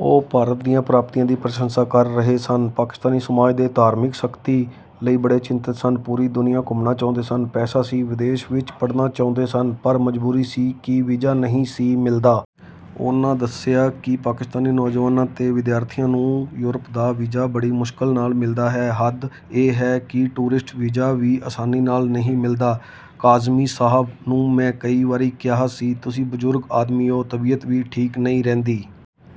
ਉਹ ਭਾਰਤ ਦੀਆਂ ਪ੍ਰਾਪਤੀਆਂ ਦੀ ਪ੍ਰਸ਼ੰਸਾ ਕਰ ਰਹੇ ਸਨ। ਪਾਕਿਸਤਾਨੀ ਸਮਾਜ ਦੇ ' ਧਾਰਮਿਕ ਸਖ਼ਤੀ ' ਲਈ ਬੜੇ ਚਿੰਤਤ ਸਨ। ਪੂਰੀ ਦੁਨੀਆਂ ਘੁੰਮਣਾ ਚਾਹੁੰਦੇ ਸਨ। ਪੈਸਾ ਸੀ। ਵਿਦੇਸ਼ ਵਿੱਚ ਪੜ੍ਹਨਾ ਚਾਹੁੰਦੇ ਸਨ। ਪਰ ਮਜਬੂਰੀ ਸੀ ਕਿ ਵੀਜ਼ਾ ਨਹੀਂ ਸੀ ਮਿਲਦਾ। ਉਹਨਾਂ ਦੱਸਿਆ ਕਿ ਪਾਕਿਸਤਾਨੀ ਨੌਜਵਾਨਾਂ ਤੇ ਵਿਦਿਆਰਥੀਆਂ ਨੂੰ ਯੂਰਪ ਦਾ ਵੀਜ਼ਾ ਬੜੀ ਮੁਸ਼ਕਲ ਨਾਲ ਮਿਲਦਾ ਹੈ। ਹੱਦ ਇਹ ਹੈ ਕਿ ਟੂਰਿਸਟ ਵੀਜ਼ਾ ਵੀ ਆਸਾਨੀ ਨਾਲ ਨਹੀਂ ਮਿਲਦਾ। ਕਾਜ਼ਮੀ ਸਾਹਬ ਨੂੰ ਮੈਂ ਕਈ ਵਾਰੀ ਕਿਹਾ ਸੀ, "ਤੁਸੀਂ ਬਜ਼ੁਰਗ ਆਦਮੀ ਓ, ਤਬੀਅਤ ਵੀ ਠੀਕ ਨਹੀਂ ਰਹਿੰਦੀ।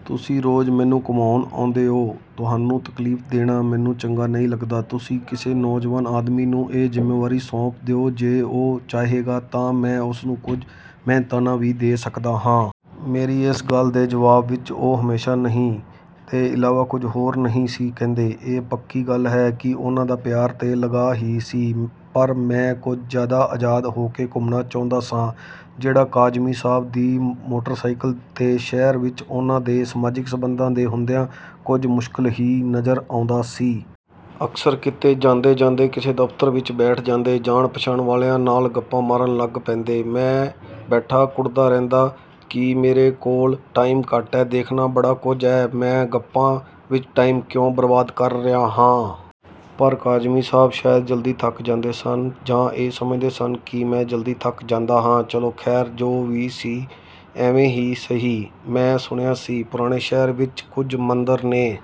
ਤੁਸੀਂ ਰੋਜ਼ ਮੈਨੂੰ ਘੁਮਾਉਣ ਆਉਂਦੇ ਓ। ਤੁਹਾਨੂੰ ਤਕਲੀਫ਼ ਦੇਣਾ ਮੈਨੂੰ ਚੰਗਾ ਨਹੀਂ ਲੱਗਦਾ। ਤੁਸੀਂ ਕਿਸੇ ਨੌਜਵਾਨ ਆਦਮੀ ਨੂੰ ਇਹ ਜ਼ਿੰਮੇਵਾਰੀ ਸੌਂਪ ਦਿਓ। ਜੇ ਉਹ ਚਾਹੇਗਾ ਤਾਂ ਮੈਂ ਉਸਨੂੰ ਕੁਝ ਮਿਹਨਤਾਨਾ ਵੀ ਦੇ ਸਕਦਾ ਹਾਂ।" ਮੇਰੀ ਇਸ ਗੱਲ ਦੇ ਜਵਾਬ ਵਿੱਚ ਉਹ ਹਮੇਸ਼ਾ 'ਨਹੀਂ' ਦੇ ਇਲਾਵਾ ਕੁਝ ਹੋਰ ਨਹੀਂ ਸੀ ਕਹਿੰਦੇ। ਇਹ ਪੱਕੀ ਗੱਲ ਹੈ ਕਿ ਉਹਨਾਂ ਦਾ ਪਿਆਰ ਤੇ ਲਗਾਅ ਹੀ ਸੀ। ਪਰ ਮੈਂ ਕੁਝ ਜ਼ਿਆਦਾ ਆਜ਼ਾਦ ਹੋ ਕੇ ਘੁੰਮਣਾ ਚਾਹੁੰਦਾ ਸਾਂ, ਜਿਹੜਾ ਕਾਜ਼ਮੀ ਸਾਹਬ ਦੀ ਮੋਟਰ-ਸਾਈਕਲ 'ਤੇ ਸ਼ਹਿਰ ਵਿੱਚ ਉਹਨਾਂ ਦੇ ਸਮਾਜਿਕ ਸੰਬੰਧਾਂ ਦੇ ਹੁੰਦਿਆਂ ਕੁਝ ਮੁਸ਼ਕਲ ਹੀ ਨਜ਼ਰ ਆਉਂਦਾ ਸੀ। ਅਕਸਰ ਕਿਤੇ ਜਾਂਦੇ-ਜਾਂਦੇ ਕਿਸੇ ਦਫ਼ਤਰ ਵਿੱਚ ਬੈਠ ਜਾਂਦੇ, ਜਾਣ-ਪਛਾਣ ਵਾਲਿਆਂ ਨਾਲ ਗੱਪਾਂ ਮਾਰਨ ਲੱਗ ਪੈਂਦੇ। ਮੈਂ ਬੈਠਾ ਕੁੜ੍ਹਦਾ ਰਹਿੰਦਾ ਕਿ ਮੇਰੇ ਕੋਲ ਟਾਈਮ ਘੱਟ ਹੈ, ਦੇਖਣਾ ਬੜਾ ਕੁਝ ਹੈ। ਮੈਂ ਗੱਪਾਂ ਵਿੱਚ ਟਾਈਮ ਕਿਉਂ ਬਰਬਾਦ ਕਰ ਰਿਹਾ ਹਾਂ? ਪਰ ਕਾਜ਼ਮੀ ਸਾਹਬ ਸ਼ਾਇਦ ਜਲਦੀ ਥੱਕ ਜਾਂਦੇ ਸਨ ਜਾਂ ਇਹ ਸਮਝਦੇ ਸਨ ਕਿ ਮੈਂ ਜਲਦੀ ਥੱਕ ਜਾਂਦਾ ਹਾਂ। ਚਲੋ ਖ਼ੈਰ, ਜੋ ਵੀ ਸੀ, ਇਵੇਂ ਹੀ ਸਹੀ। ਮੈਂ ਸੁਣਿਆ ਸੀ, ਪੁਰਾਣੇ ਸ਼ਹਿਰ ਵਿੱਚ ਕੁਝ ਮੰਦਰ ਨੇ।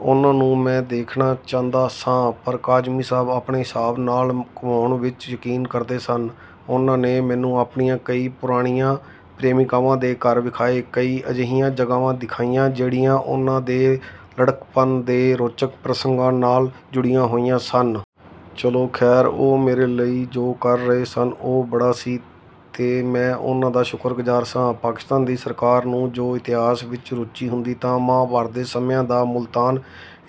ਉਹਨਾਂ ਨੂੰ ਮੈਂ ਦੇਖਣਾ ਚਾਹੁੰਦਾ ਸਾਂ। ਪਰ ਕਾਜ਼ਮੀ ਸਾਹਬ ਆਪਣੇ ਹਿਸਾਬ ਨਾਲ ਘੁਮਾਉਣ ਵਿੱਚ ਯਕੀਨ ਕਰਦੇ ਸਨ। ਉਹਨਾਂ ਨੇ ਮੈਨੂੰ ਆਪਣੀਆਂ ਕਈ ਪੁਰਾਣੀਆਂ ਪ੍ਰੇਮਿਕਾਵਾਂ ਦੇ ਘਰ ਵਿਖਾਏ। ਕਈ ਅਜਿਹੀਆਂ ਜਗ੍ਹਾਵਾਂ ਦਿਖਾਈਆਂ, ਜਿਹੜੀਆਂ ਉਹਨਾਂ ਦੇ ਲੜਕਪਨ ਦੇ ਰੋਚਕ ਪ੍ਰਸੰਗਾਂ ਨਾਲ ਜੁੜੀਆਂ ਹੋਈਆਂ ਸਨ। ਚਲੋ ਖ਼ੈਰ, ਉਹ ਮੇਰੇ ਲਈ ਜੋ ਕਰ ਰਹੇ ਸਨ, ਉਹ ਬੜਾ ਸੀ ਤੇ ਮੈਂ ਉਹਨਾਂ ਦਾ ਸ਼ੁਕਰਗੁਜ਼ਾਰ ਸਾਂ। ਪਾਕਿਸਤਾਨ ਦੀ ਸਰਕਾਰ ਨੂੰ ਜੇ ਇਤਿਹਾਸ ਵਿੱਚ ਰੁਚੀ ਹੁੰਦੀ ਤਾਂ ਮਹਾਭਾਰਤ ਦੇ ਸਮਿਆਂ ਦਾ ਮੁਲਤਾਨ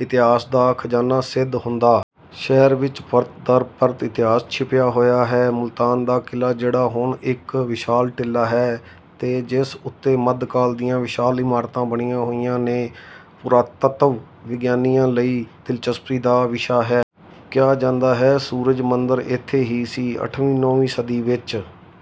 ਇਤਿਹਾਸ ਦਾ ਖ਼ਜ਼ਾਨਾ ਸਿੱਧ ਹੁੰਦਾ। ਸ਼ਹਿਰ ਵਿੱਚ ਪਰਤ ਦਰ ਪਰਤ ਇਤਿਹਾਸ ਛਿਪਿਆ ਹੋਇਆ ਹੈ। ਮੁਲਤਾਨ ਦਾ ਕਿਲ੍ਹਾ, ਜਿਹੜਾ ਹੁਣ ਇਕ ਵਿਸ਼ਾਲ ਟੀਲਾ ਹੈ ਤੇ ਜਿਸ ਉੱਤੇ ਮੱਧਕਾਲ ਦੀਆਂ ਵਿਸ਼ਾਲ ਇਮਾਰਤਾਂ ਬਣੀਆਂ ਹੋਈਆਂ ਨੇ, ਪੁਰਾਤੱਤਵ-ਵਿਗਿਆਨੀਆਂ ਲਈ ਦਿਲਚਸਪੀ ਦਾ ਵਿਸ਼ਾ ਹੈ। ਕਿਹਾ ਜਾਂਦਾ ਹੈ, ਸੂਰਜ ਮੰਦਰ ਇੱਥੇ ਹੀ ਸੀ। ਅੱਠਵੀਂ-ਨੌਵੀਂ ਸਦੀ ਵਿੱਚ...